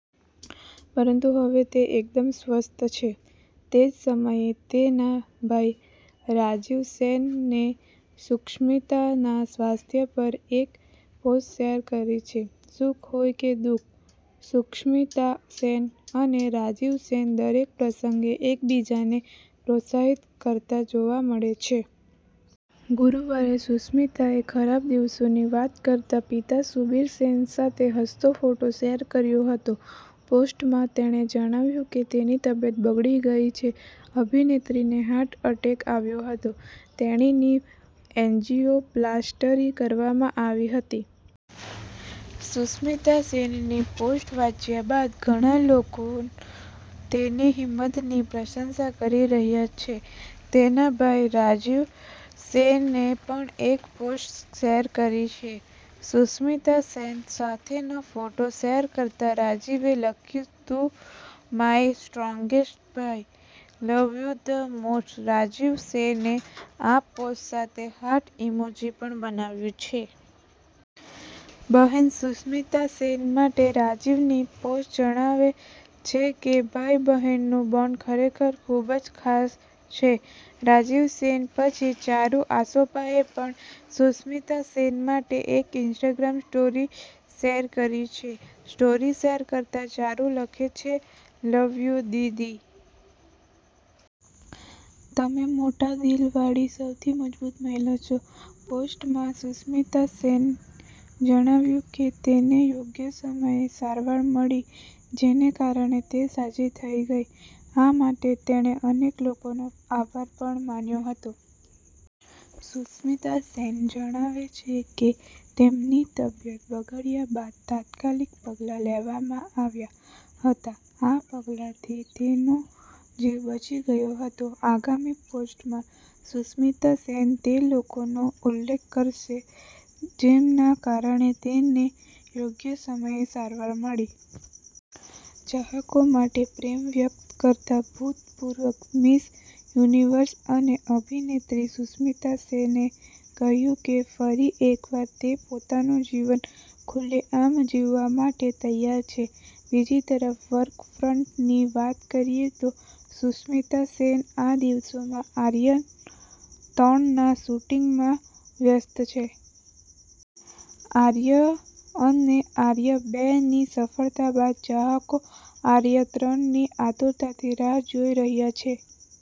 પરંતુ હવે તે એકદમ સ્વસ્થ છે. તે જ સમયે, તેના ભાઈ રાજીવ સેને સુષ્મિતાના સ્વાસ્થ્ય પર એક પોસ્ટ શેર કરી છે. સુખ હોય કે દુઃખ, સુષ્મિતા સેન અને રાજીવ સેન દરેક પ્રસંગે એકબીજાને પ્રોત્સાહિત કરતા જોવા મળે છે. ગુરુવારે સુષ્મિતાએ ખરાબ દિવસોની વાત કરતા પિતા સુબીર સેન સાથે હસતો ફોટો શેર કર્યો હતો. પોસ્ટમાં તેણે જણાવ્યું કે તેની તબિયત બગડી ગઈ છે. અભિનેત્રીને હાર્ટ એટેક આવ્યો હતો, તેણીની એન્જીયોપ્લાસ્ટી કરવામાં આવી હતી. સુષ્મિતા સેનની પોસ્ટ વાંચ્યા બાદ ઘણા લોકો તેની હિંમતની પ્રશંસા કરી રહ્યા છે. તેના ભાઈ રાજીવ સેને પણ એક પોસ્ટ શેર કરી છે. સુષ્મિતા સેન સાથેનો ફોટો શેર કરતા રાજીવે લખ્યું તું માય સ્ટ્રોંગેસ્ટ ભાઈ love you the most Rajiv સેને આ પોસ્ટ સાથે હાર્ટ ઇમોજી પણ બનાવ્યું છે. બહેન સુષ્મિતા સેન માટે રાજીવની પોસ્ટ જણાવે છે કે ભાઈ-બહેનનું બોન્ડ ખરેખર ખૂબ જ ખાસ છે. રાજીવ સેન પછી ચારુ આસોપાએ પણ સુષ્મિતા સેન માટે એક ઈન્સ્ટાગ્રામ સ્ટોરી શેર કરી છે. સ્ટોરી શેર કરતાં ચારુ લખે છે, 'લવ યુ દીદી. તમે મોટા દિલ વાળી સૌથી મજબૂત મહિલા છો. પોસ્ટમાં સુષ્મિતા સેને જણાવ્યું કે તેને યોગ્ય સમયે સારવાર મળી, જેના કારણે તે સાજી થઈ ગઈ. આ માટે તેણે અનેક લોકોનો આભાર પણ માન્યો હતો. સુષ્મિતા સેન જણાવે છે કે તેમની તબિયત બગડ્યા બાદ તાત્કાલિક પગલાં લેવામાં આવ્યા હતા, આ પગલાંથી તેમનો જીવ બચી ગયો હતો. આગામી પોસ્ટમાં, સુષ્મિતા સેન તે લોકોનો ઉલ્લેખ કરશે, જેમના કારણે તેને યોગ્ય સમયે સારવાર મળી. ચાહકો માટે પ્રેમ વ્યક્ત કરતા ભૂતપૂર્વ મિસ યુનિવર્સ અને અભિનેત્રી સુષ્મિતા સેને કહ્યું કે ફરી એકવાર તે પોતાનું જીવન ખુલ્લેઆમ જીવવા માટે તૈયાર છે. બીજી તરફ વર્ક ફ્રન્ટની વાત કરીએ તો સુષ્મિતા સેન આ દિવસોમાં આર્ય ત્રણના શૂટિંગમાં વ્યસ્ત છે. આર્ય અને આર્ય બે ની સફળતા બાદ ચાહકો આર્ય ત્રણ ની આતુરતાથી રાહ જોઈ રહ્યા છે.